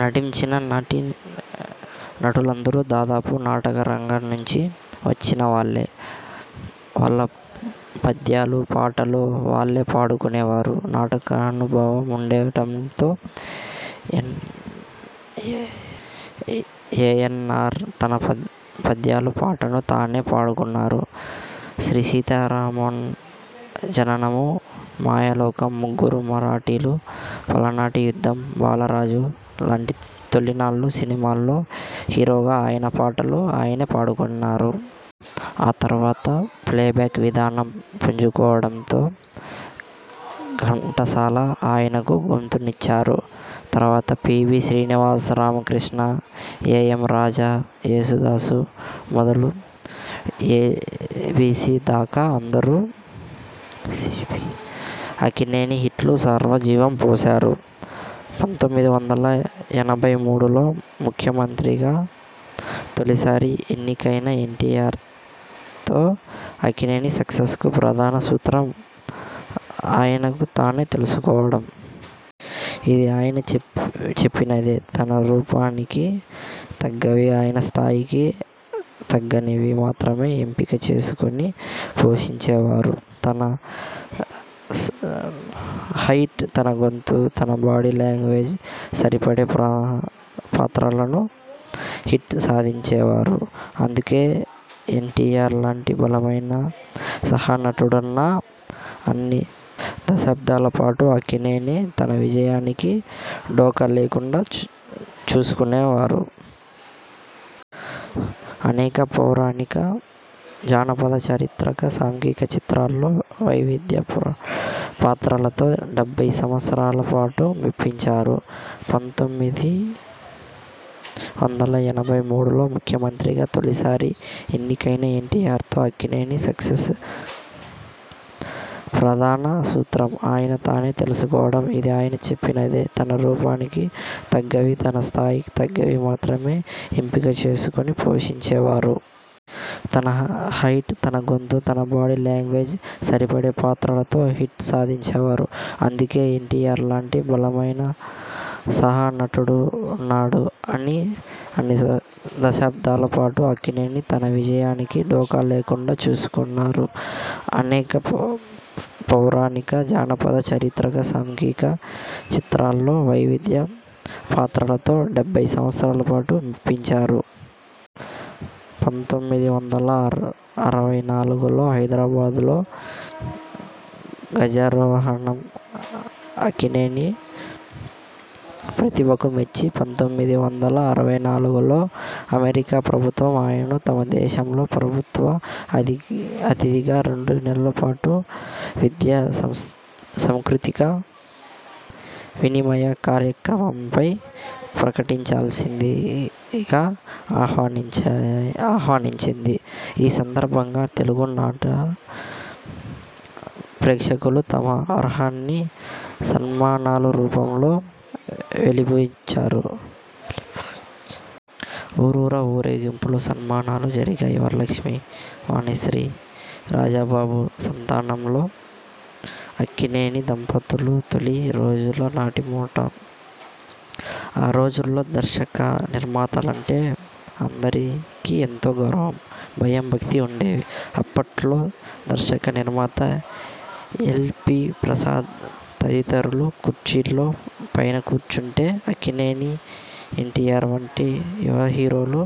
నటించిన నటీ నటులందరూ దాదాపు నాటక రంగం నుంచి వచ్చినవాళ్ళే. వాళ్ళ పద్యాలు, పాటలు వాళ్ళే పాడుకొనేవారు. నాటకానుభవం ఉండడంతో, ఏయన్నార్ తన పద్యాలు, పాటలు తానే పాడుకున్నారు. 'శ్రీసీతారామ జననము, మాయలోకం, ముగ్గురు మరాఠీలు, పల్నాటి యుద్ధం, బాలరాజు' లాంటి తొలినాళ్ళ సినిమాల్లో హీరోగా ఆయన పాటలు ఆయనే పాడుకున్నారు. ఆ తరువాత ప్లే బ్యాక్ విధానం పుంజుకోవడంతో, ఘంటసాల ఆయనకు గొంతునిచ్చారు. తరువాత P. B. Srinivas, Ramakrishna, A. M. Raja, Yesudas మొదలు ఎస్పీబీ దాకా అందరూ అక్కినేని హిట్స్కు స్వర జీవం పోశారు. పంతొమ్మిది వందల ఎనభై మూడులో ముఖ్యమంత్రిగా తొలిసారి ఎన్నికైన ఎన్టీయార్తో అక్కినేని సక్సె్సకు ప్రధాన సూత్రం 'తనను తాను తెలుసుకోవడం'. ఇది ఆయన చెప్పినదే! తన రూపానికి తగ్గవి, తన స్థాయికి తగ్గనివి మాత్రమే ఎంపిక చేసుకొని పోషించేవారు. తన హైట్, తన గొంతు, తన బాడీ లాంగ్వేజ్కి సరిపడే పాత్రలతో హిట్స్ సాధించేవారు. అందుకే ఎన్టీయార్ లాంటి బలమైన సహ నటుడున్నా, అన్ని దశాబ్దాల పాటు అక్కినేని తన విజయానికి ఢోకా లేకుండా చూసుకున్నారు. అనేక పౌరాణిక, జానపద, చారిత్రక, సాంఘిక చిత్రాల్లో వైవిధ్య పాత్రలతో డెబ్బై సంవత్సరాల పాటు మెప్పించారు. పంతొమ్మిది వందల ఎనభై మూడులో ముఖ్యమంత్రిగా తొలిసారి ఎన్నికైన ఎన్టీయార్తో అక్కినేని సక్సెస్కు ప్రధాన సూత్రం 'తనను తాను తెలుసుకోవడం'. ఇది ఆయన చెప్పినదే! తన రూపానికి తగ్గవి, తన స్థాయికి తగ్గనివి మాత్రమే ఎంపిక చేసుకొని పోషించేవారు. తన హైట్, తన గొంతు, తన బాడీ లాంగ్వేజ్కి సరిపడే పాత్రలతో హిట్స్ సాధించేవారు. అందుకే ఎన్టీయార్ లాంటి బలమైన సహ నటుడున్నా, అన్ని దశాబ్దాల పాటు అక్కినేని తన విజయానికి ఢోకా లేకుండా చూసుకున్నారు. అనేక పౌరాణిక, జానపద, చారిత్రక, సాంఘిక చిత్రాల్లో వైవిధ్య పాత్రలతో డెబ్బై సంవత్సరాల పాటు మెప్పించారు. పంతొమ్మిది వందల అరవై నాలుగులో హైదరాబాద్లో గజారోహణం అక్కినేని ప్రతిభకు మెచ్చి, పంతొమ్మిది వందల అరవై నాలుగులో అమెరికా ప్రభుత్వం ఆయనను తమ దేశంలో ప్రభుత్వ అతిథిగా రెండు నెలల పాటు విద్యా సాంస్కృతిక వినిమయ కార్యక్రమంపై పర్యటించాల్సిందిగా ఆహ్వానించింది. ఈ సందర్భంగా తెలుగు నాట ప్రేక్షకులు తమ హర్షాన్ని సన్మానాల రూపంలో వెలిబుచ్చారు. ఊరూరా ఊరేగింపులు, సన్మానాలు జరిగాయి. వరలక్ష్మి, వాణిశ్రీ, రాజబాబు సంతానంతో అక్కినేని దంపతులు తొలి రోజుల నాటి మాట. ఆ రోజుల్లో దర్శక, నిర్మాతలంటే అందరికీ ఎంతో గౌరవం, భయం, భక్తి ఉండేవి. అప్పట్లో దర్శక, నిర్మాత ఎల్వీ ప్రసాద్ తదితరులు కుర్చీల్లో పైన కూర్చుంటే, అక్కినేని, ఎన్టీయార్ వంటి యువ హీరోలు,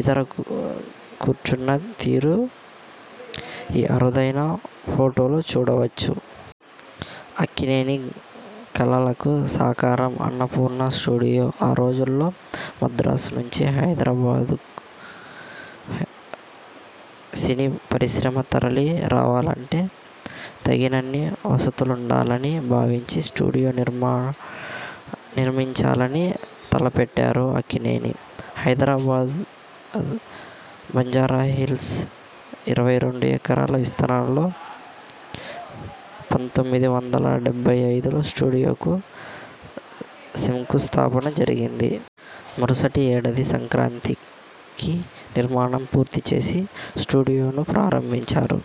ఇతర కూర్చున్న తీరు ఈ అరుదైన ఫోటోలో చూడవచ్చు. అక్కినేని కలలకు సాకారం అన్నపూర్ణ స్టూడియో ఆ రోజుల్లో మద్రాసు నుంచి హైదరాబాద్కు సినీ పరిశ్రమ తరలి రావాలంటే, తగినన్ని వసతులుండాలని భావించి, స్టూడియో నిర్మించాలని తలపెట్టారు అక్కినేని. హైదరాబాద్ బంజారాహి ల్స్ ఇరవై రెండు ఎకరాల విస్తీర్ణంలో పంతొమ్మిది వందల డెబ్బై ఐదులో స్టూడియోకు శంకుస్థాపన జరిగింది. మరుసటి ఏడాది సంక్రాంతికి నిర్మాణం పూర్తి చేసి, స్టూడియోను ప్రారంభించారు.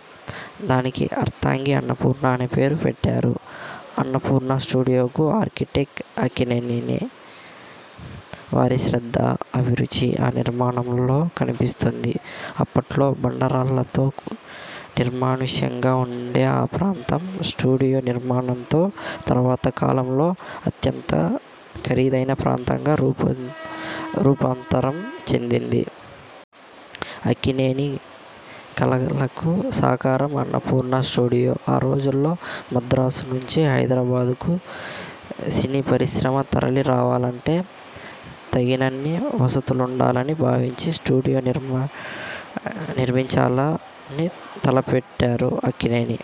దానికి అర్ధాంగి అన్నపూర్ణ పేరు పెట్టారు. అన్నపూర్ణా స్టూడియోకు ఆర్కిటెక్ట్ అక్కినేనే. వారి శ్రద్ధ, అభిరుచి ఆ నిర్మాణంలో కనిపిస్తుంది. అప్పట్లో బండ రాళ్ళతో, నిర్మానుష్యంగా ఉండే ఆ ప్రాంతం స్టూడియో నిర్మాణంతో, తరువాతి కాలంలో అత్యంత ఖరీదైన ప్రాంతంగా రూపాంతరం చెందింది. అక్కినేని కలలకు సాకారం అన్నపూర్ణ స్టూడియో ఆ రోజుల్లో మద్రాసు నుంచి హైదరాబాద్కు సినీపరిశ్రమ తరలి రావాలంటే, తగినన్ని వసతులుండాలని భావించి, స్టూడియో నిర్మించాలని తల పెట్టారు అక్కినేని.